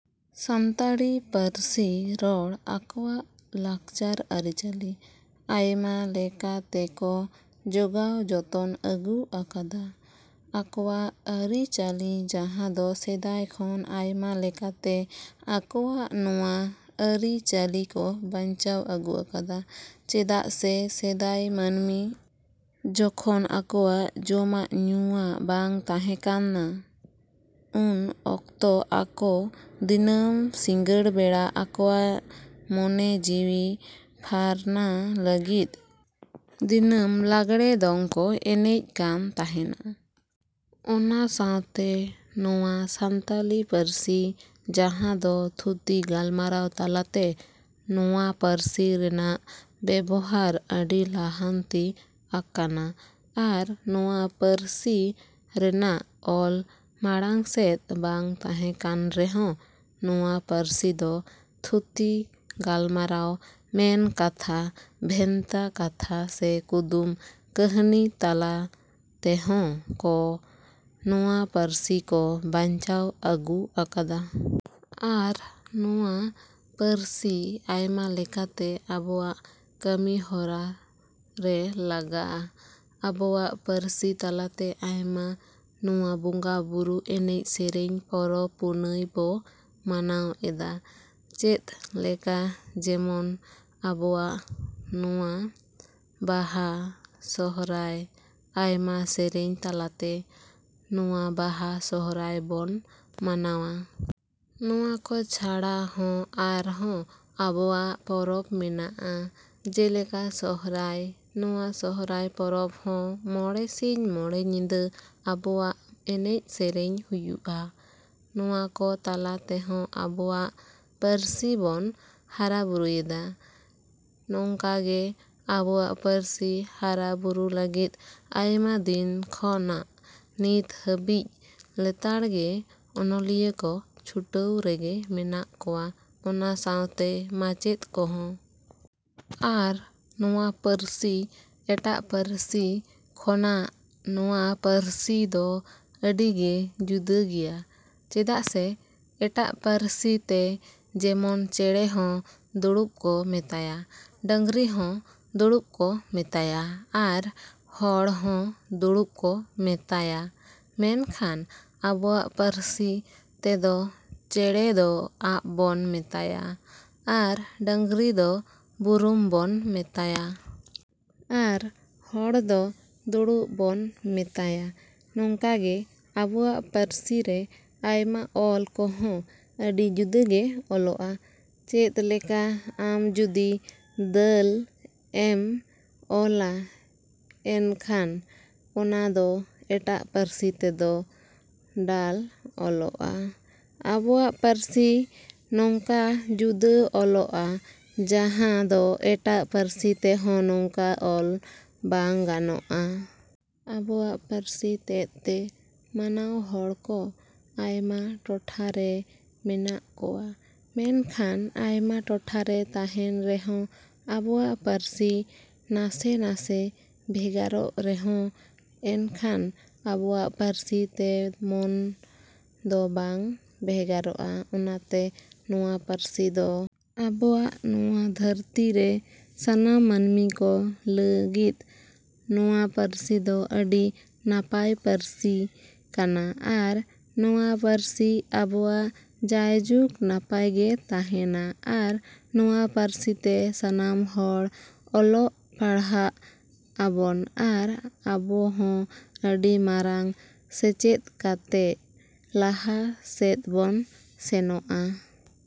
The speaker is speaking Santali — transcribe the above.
ᱥᱟᱱᱛᱟᱲᱤ ᱯᱟᱹᱨᱥᱤ ᱨᱚᱲ ᱟᱠᱚᱣᱟᱜ ᱞᱟᱠᱪᱟᱨ ᱟᱹᱨᱤᱪᱟᱹᱞᱤ ᱟᱭᱢᱟ ᱞᱮᱠᱟ ᱛᱮᱠᱚ ᱡᱳᱜᱟᱣ ᱡᱚᱛᱚᱱ ᱟᱹᱜᱩ ᱟᱠᱟᱫᱟ᱾ ᱟᱠᱚᱣᱟᱜ ᱟᱹᱨᱤ-ᱪᱟᱹᱞᱤ ᱡᱟᱦᱟᱸ ᱫᱚ ᱥᱮᱫᱟᱭ ᱠᱷᱚᱱ ᱟᱭᱢᱟ ᱞᱮᱠᱟᱛᱮ ᱟᱠᱚᱣᱟᱜ ᱱᱚᱣᱟ ᱟᱹᱨᱤ-ᱪᱟᱹᱞᱤ ᱠᱚ ᱵᱟᱧᱪᱟᱣ ᱟᱹᱜᱩ ᱟᱠᱟᱫᱟ᱾ ᱪᱮᱫᱟᱜ ᱥᱮ ᱥᱮᱫᱟᱭ ᱢᱟᱹᱱᱢᱤ ᱡᱚᱠᱷᱚᱱ ᱟᱠᱚᱣᱟᱜ ᱡᱚᱢᱟᱜ ᱧᱩᱣᱟᱜ ᱵᱟᱝ ᱛᱟᱦᱮᱸ ᱠᱟᱱᱟ, ᱩᱱ ᱚᱠᱛᱚ ᱟᱠᱚ ᱫᱤᱱᱟᱹᱢ ᱥᱤᱸᱜᱟᱹᱲ ᱵᱮᱲᱟ ᱟᱠᱚᱣᱟᱜ ᱢᱚᱱᱮ ᱡᱤᱣᱤ ᱯᱷᱟᱨᱱᱟ ᱞᱟᱹᱜᱤᱫ ᱫᱤᱱᱟᱹᱢ ᱞᱟᱜᱽᱲᱮ ᱫᱚᱝ ᱠᱚ ᱮᱱᱮᱡ ᱠᱟᱱ ᱛᱟᱦᱮᱱᱟ᱾ ᱚᱱᱟ ᱥᱟᱶᱛᱮ ᱱᱚᱣᱟ ᱥᱟᱱᱛᱟᱞᱤ ᱯᱟᱹᱨᱥᱤ ᱡᱟᱦᱟᱸ ᱫᱚ ᱛᱷᱩᱛᱤ ᱜᱟᱞᱢᱟᱨᱟᱣ ᱛᱟᱞᱟᱛᱮ ᱱᱚᱣᱟ ᱯᱟᱹᱨᱥᱤ ᱨᱮᱱᱟᱜ ᱵᱮᱵᱚᱦᱟᱨ ᱟᱹᱰᱤ ᱞᱟᱦᱟᱱᱛᱤ ᱟᱠᱟᱱᱟ᱾ ᱟᱨ ᱱᱚᱣᱟ ᱯᱟᱹᱨᱥᱤ ᱨᱮᱱᱟᱜ ᱚᱞ ᱢᱟᱲᱟᱝ ᱥᱮᱫ ᱵᱟᱝ ᱛᱟᱦᱮᱸ ᱠᱟᱱ ᱨᱮᱦᱚᱸ ᱱᱚᱣᱟ ᱯᱟᱹᱨᱥᱤ ᱫᱚ ᱛᱷᱩᱛᱤ ᱜᱟᱞᱢᱟᱨᱟᱣ, ᱢᱮᱱᱠᱟᱛᱷᱟ, ᱵᱷᱮᱱᱛᱟ ᱠᱟᱛᱷᱟ ᱥᱮ ᱠᱩᱫᱩᱢ ᱠᱟᱹᱦᱱᱤ ᱛᱟᱞᱟ ᱛᱮᱦᱚᱸ ᱠᱚ ᱱᱚᱣᱟ ᱯᱟᱹᱨᱥᱤ ᱠᱚ ᱵᱟᱧᱪᱟᱣ ᱟᱹᱜᱩ ᱟᱠᱟᱫᱟ᱾ ᱟᱨ ᱱᱚᱣᱟ ᱯᱟᱹᱨᱥᱤ ᱟᱭᱢᱟ ᱞᱮᱠᱟᱛᱮ ᱟᱵᱚᱣᱟᱜ ᱠᱟᱹᱢᱤ ᱦᱚᱨᱟ ᱨᱮ ᱞᱟᱜᱟᱜᱼᱟ᱾ ᱟᱵᱚᱣᱟᱜ ᱯᱟᱹᱨᱥᱤ ᱛᱟᱞᱟᱛᱮ ᱟᱭᱢᱟ ᱱᱚᱣᱟ ᱵᱚᱸᱜᱟ-ᱵᱩᱨᱩ, ᱮᱱᱮᱡ ᱥᱮᱨᱮᱧ, ᱯᱚᱨᱚᱵᱽ-ᱯᱩᱱᱟᱹᱭ ᱵᱚ ᱢᱟᱱᱟᱣ ᱮᱫᱟ᱾ ᱪᱮᱫ ᱞᱮᱠᱟ ᱡᱮᱢᱚᱱ ᱟᱵᱚᱣᱟᱜ ᱱᱚᱣᱟ ᱵᱟᱦᱟ, ᱥᱚᱦᱨᱟᱭ ᱟᱭᱢᱟ ᱥᱮᱨᱮᱧ ᱛᱟᱞᱟᱛᱮ ᱱᱚᱣᱟ ᱵᱟᱦᱟ ᱥᱚᱦᱨᱟᱭ ᱵᱚᱱ ᱢᱟᱱᱟᱣᱟ᱾ ᱱᱚᱣᱟᱠᱚ ᱪᱷᱟᱲᱟ ᱦᱚᱸ ᱟᱨᱦᱚᱸ ᱟᱵᱚᱣᱟᱜ ᱯᱚᱨᱚᱵᱽ ᱢᱮᱱᱟᱜᱼᱟ ᱡᱮᱞᱮᱠᱟ ᱥᱚᱦᱨᱟᱭ᱾ ᱱᱚᱣᱟ ᱥᱚᱦᱨᱟᱭ ᱯᱚᱨᱚᱵᱽ ᱦᱚᱸ ᱢᱚᱬᱮ ᱥᱤᱧ ᱢᱚᱬᱮ ᱧᱤᱫᱟᱹ ᱟᱵᱚᱣᱟᱜ ᱮᱱᱮᱡ ᱥᱮᱨᱮᱧ ᱦᱩᱭᱩᱜᱼᱟ᱾ ᱱᱚᱣᱟᱠᱚ ᱛᱟᱞᱟ ᱛᱮᱦᱚᱸ ᱟᱵᱚᱣᱟᱜ ᱯᱟᱹᱨᱥᱤᱵᱚᱱ ᱦᱟᱨᱟ-ᱵᱩᱨᱩᱭᱮᱫᱟ᱾ ᱱᱚᱝᱠᱟᱜᱮ ᱟᱵᱚᱣᱟᱜ ᱯᱟᱹᱨᱥᱤ ᱦᱟᱨᱟ-ᱵᱩᱨᱩ ᱞᱟᱹᱜᱤᱫ ᱟᱭᱢᱟ ᱫᱤᱱ ᱠᱷᱚᱱᱟᱜ ᱱᱤᱛ ᱦᱟᱹᱵᱤᱡ ᱞᱮᱛᱟᱲᱜᱮ ᱚᱱᱚᱞᱤᱭᱟᱹ ᱠᱚ ᱪᱷᱩᱴᱟᱹᱣ ᱨᱮᱜᱮ ᱢᱮᱱᱟᱜ ᱠᱚᱣᱟ ᱚᱱᱟ ᱥᱟᱶᱛᱮ ᱢᱟᱪᱮᱫ ᱠᱚᱦᱚᱸ᱾ ᱟᱨ ᱱᱚᱣᱟ ᱯᱟᱹᱨᱥᱤ ᱮᱴᱟᱜ ᱯᱟᱹᱨᱥᱤ ᱠᱷᱚᱱᱟᱜ ᱱᱚᱣᱟ ᱯᱟᱹᱨᱥᱤ ᱫᱚ ᱟᱹᱰᱤᱜᱮ ᱡᱩᱫᱟᱹ ᱜᱮᱭᱟ᱾ ᱪᱮᱫᱟᱜ ᱥᱮ ᱮᱴᱟᱜ ᱯᱟᱹᱨᱥᱤᱛᱮ ᱡᱮᱢᱚᱱ ᱪᱮᱸᱬᱮ ᱦᱚᱸ ᱫᱩᱲᱩᱵ ᱠᱚ ᱢᱮᱛᱟᱭᱟ, ᱰᱟᱝᱨᱤ ᱦᱚᱸ ᱫᱩᱲᱩᱵ ᱠᱚ ᱢᱮᱛᱟᱭᱟ ᱟᱨ ᱦᱚᱲᱦᱚᱸ ᱫᱩᱲᱩᱵ ᱠᱚ ᱢᱮᱛᱟᱭᱟ᱾ ᱢᱮᱱᱠᱷᱟᱱ ᱟᱵᱚᱣᱟᱜ ᱯᱟᱹᱨᱥᱤ ᱛᱮᱫᱚ ᱪᱮᱸᱬᱮ ᱫᱚ ᱟᱯ ᱵᱚᱱ ᱢᱮᱛᱟᱭᱟ ᱟᱨ ᱰᱟᱝᱨᱤ ᱫᱚ ᱵᱩᱨᱩᱢ ᱵᱚᱱ ᱢᱮᱛᱟᱭᱟ᱾ ᱟᱨ ᱦᱚᱲ ᱫᱚ ᱫᱩᱲᱩᱵ ᱵᱚᱱ ᱢᱮᱛᱟᱭᱟ᱾ ᱱᱚᱝᱠᱟᱜᱮ ᱟᱵᱚᱣᱟᱜ ᱯᱟᱹᱨᱥᱤ ᱨᱮ ᱟᱭᱢᱟ ᱚᱞ ᱠᱚᱦᱚᱸ ᱟᱹᱰᱤ ᱡᱩᱫᱟᱹᱜᱮ ᱚᱞᱚᱜᱼᱟ᱾ ᱪᱮᱫ ᱞᱮᱠᱟ ᱟᱢ ᱡᱩᱫᱤ ᱫᱟᱹᱞ ᱮᱢ ᱚᱞᱟ ᱮᱱᱠᱷᱟᱱ ᱚᱱᱟ ᱫᱚ ᱮᱴᱟᱜ ᱯᱟᱹᱨᱥᱤ ᱛᱮᱫᱚ ᱰᱟᱞ ᱚᱞᱚᱜᱼᱟ᱾ ᱟᱵᱚᱣᱟᱜ ᱯᱟᱹᱨᱥᱤ ᱱᱚᱝᱠᱟ ᱡᱩᱫᱟᱹ ᱚᱞᱚᱜᱼᱟ ᱡᱟᱦᱟᱸ ᱫᱚ ᱮᱴᱟᱜ ᱯᱟᱹᱨᱥᱤ ᱛᱮᱦᱚᱸ ᱱᱚᱝᱠᱟ ᱚᱞ ᱵᱟᱝ ᱜᱟᱱᱚᱜᱼᱟ᱾ ᱟᱵᱚᱣᱟᱜ ᱯᱟᱹᱨᱥᱤ ᱛᱮᱫ ᱛᱮ ᱢᱟᱱᱟᱣᱦᱚᱲ ᱠᱚ ᱟᱭᱢᱟ ᱴᱚᱴᱷᱟ ᱨᱮ ᱢᱮᱱᱟᱜ ᱠᱚᱣᱟ᱾ ᱢᱮᱱᱠᱷᱟᱱ ᱟᱭᱢᱟ ᱴᱚᱴᱷᱟᱨᱮ ᱛᱟᱦᱮᱱ ᱨᱮᱦᱚᱸ ᱟᱵᱚᱣᱟᱜ ᱯᱟᱹᱨᱥᱤ ᱱᱟᱥᱮ ᱱᱟᱥᱮ ᱵᱷᱮᱜᱟᱨᱚᱜ ᱨᱮᱦᱚᱸ ᱮᱱᱠᱷᱟᱱ ᱟᱵᱚᱣᱟᱜ ᱯᱟᱹᱨᱥᱤ ᱛᱮᱢᱚᱱ ᱫᱚ ᱵᱟᱝ ᱵᱷᱮᱜᱟᱨᱚᱜᱼᱟ᱾ ᱚᱱᱟᱛᱮ ᱱᱚᱣᱟ ᱯᱟᱹᱨᱥᱤ ᱫᱚ ᱟᱵᱚᱣᱟᱜ ᱱᱚᱣᱟ ᱫᱷᱟᱹᱨᱛᱤ ᱨᱮ ᱥᱟᱱᱟᱢ ᱢᱟᱹᱱᱢᱤ ᱠᱚ ᱞᱟᱹᱜᱤᱫ ᱱᱚᱣᱟ ᱯᱟᱹᱨᱥᱤ ᱫᱚ ᱟᱹᱰᱤ ᱱᱟᱯᱟᱭ ᱯᱟᱹᱨᱥᱤ ᱠᱟᱱᱟ ᱟᱨ ᱱᱚᱣᱟ ᱯᱟᱹᱨᱥᱤ ᱟᱵᱚᱣᱟᱜ ᱡᱟᱭᱡᱩᱜᱽ ᱱᱟᱯᱟᱭᱜᱮ ᱛᱟᱦᱮᱱᱟ ᱟᱨ ᱱᱚᱣᱟ ᱯᱟᱹᱨᱥᱤ ᱛᱮ ᱥᱟᱱᱟᱢ ᱦᱚᱲ ᱚᱞᱚᱜ ᱯᱟᱲᱦᱟᱜ ᱟᱵᱚᱱ ᱟᱨ ᱟᱵᱚᱦᱚᱸ ᱟᱹᱰᱤ ᱢᱟᱨᱟᱝ ᱥᱮᱪᱮᱫ ᱠᱟᱛᱮᱫ ᱞᱟᱦᱟ ᱥᱮᱱ ᱵᱚᱱ ᱥᱮᱱᱚᱜᱼᱟ᱾